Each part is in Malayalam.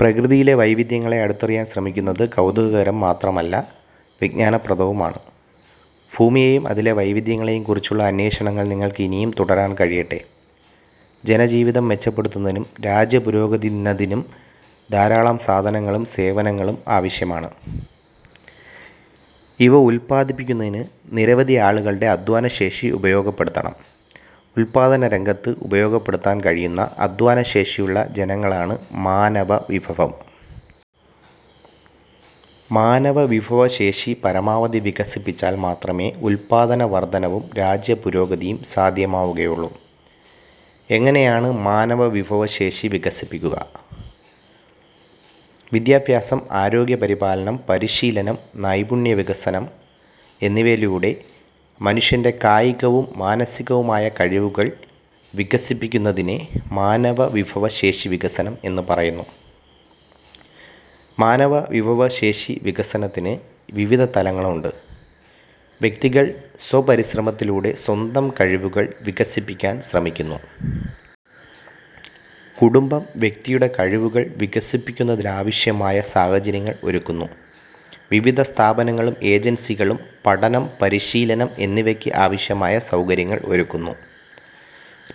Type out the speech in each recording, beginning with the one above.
പ്രകൃതിയിലെ വൈവിധ്യങ്ങളെ അടുത്തറിയാൻ ശ്രമിക്കുന്നത് കൗതുകകരം മാത്രമല്ല, വിജ്ഞാനപ്രദവുമാണ്. ഭൂമിയെയും അതിലെ വൈവിധ്യങ്ങളെയും കുറിച്ചുള്ള അന്വേഷണങ്ങൾ നിങ്ങൾക്ക് ഇനിയും തുടരാൻ കഴിയട്ടെ. ജനജീവിതം മെച്ചപ്പെടുത്തുന്നതിനും രാജ്യപുരോഗതിന്നതിനും ധാരാളം സാധനങ്ങളും സേവനങ്ങളും ആവശ്യമാണ്. ഇവ ഉൽപാദിപ്പിക്കുന്നതിന് നിരവധിയാളുകളുടെ അധ്വാനശേഷി ഉപയോഗപ്പെടുത്തണം. ഉൽപ്പാദനരംഗത്ത് ഉപയോഗപ്പെടുത്താൻ കഴിയുന്ന അധ്വാനശേഷിയുള്ള ജനങ്ങളാണ് മാനവവിഭവം. മാനവവിഭവശേഷി പരമാവധി വികസിപ്പിച്ചാൽ മാത്രമേ ഉൽപ്പാദന വർധനവും രാജ്യപുരോഗതിയും സാധ്യമാവുകയുള്ളൂ. എങ്ങനെയാണ് മാനവവിഭവശേഷി വികസിപ്പിക്കുക? വിദ്യാഭ്യാസം, ആരോഗ്യപരി പാലനം, പരിശീലനം, നൈപുണി വികസനം എന്നിവയിലൂടെ മനുഷ്യന്റെ കായികവും മാനസികവുമായ കഴിവുകൾ വികസിപ്പിക്കുന്ന തിനെ മാനവവിഭവശേഷി വികസനം എന്നു പറയുന്നു. മാനവവിഭവശേഷിവികസനത്തിന് വിവിധ തലങ്ങളുണ്ട്. വ്യക്തികൾ സ്വപരിശ്രമത്തിലൂടെ സ്വന്തം കഴിവുകൾ വികസിപ്പിക്കാൻ ശ്രമിക്കുന്നു. കുടുംബം വ്യക്തിയുടെ കഴിവുകൾ വികസിപ്പിക്കുന്നതിനാവശ്യമായ സാഹചര്യങ്ങൾ ഒരുക്കുന്നു. വിവിധ സ്ഥാപനങ്ങളും ഏജൻസികളും പഠനം, പരിശീലനം എന്നിവയ്ക്ക് ആവശ്യമായ സൗകര്യങ്ങൾ ഒരുക്കുന്നു.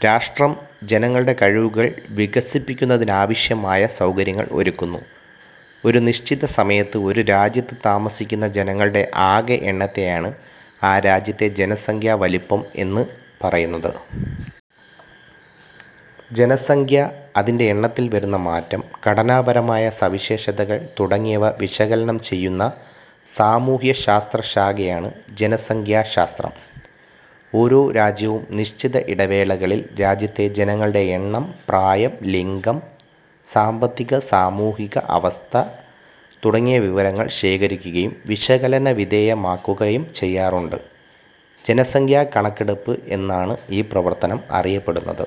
രാഷ്ട്രം ജനങ്ങളുടെ കഴിവുകൾ വികസിപ്പിക്കുന്നതിനാവശ്യമായ സൗകര്യങ്ങൾ ഒരുക്കുന്നു. ഒരു നിശ്ചിത സമയത്ത് ഒരു രാജ്യത്തു താമസിക്കുന്ന ജനങ്ങളുടെ ആകെ എണ്ണത്തെയാണ് ആ രാജ്യത്തെ ജനസംഖ്യാ വലുപ്പം എന്നു പറയുന്നത്. ജനസംഖ്യ, അതിന്റെ എണ്ണത്തിൽ വരുന്ന മാറ്റം, ഘടനാപരമായ സവിശേഷതകൾ തുടങ്ങിയവ വിശകലനം ചെയ്യുന്ന സാമൂഹ്യശാസ്ത്രശാഖയാണ് ജനസംഖ്യാശാസ്ത്രം. ഓരോ രാജ്യവും നിശ്ചിത ഇടവേളകളിൽ രാജ്യത്തെ ജനങ്ങളുടെ എണ്ണം, പ്രായം, ലിംഗം, സാമ്പത്തിക-സാമൂഹിക അവസ്ഥ തുടങ്ങിയ വിവരങ്ങൾ ശേഖരിക്കുകയും വിശകലനവിധേയമാക്കുകയും ചെയ്യാറുണ്ട്. ജനസംഖ്യാകണക്കെടുപ്പ് എന്നാണ് ഈ പ്രവർത്തനം അറിയപ്പെടുന്നത്.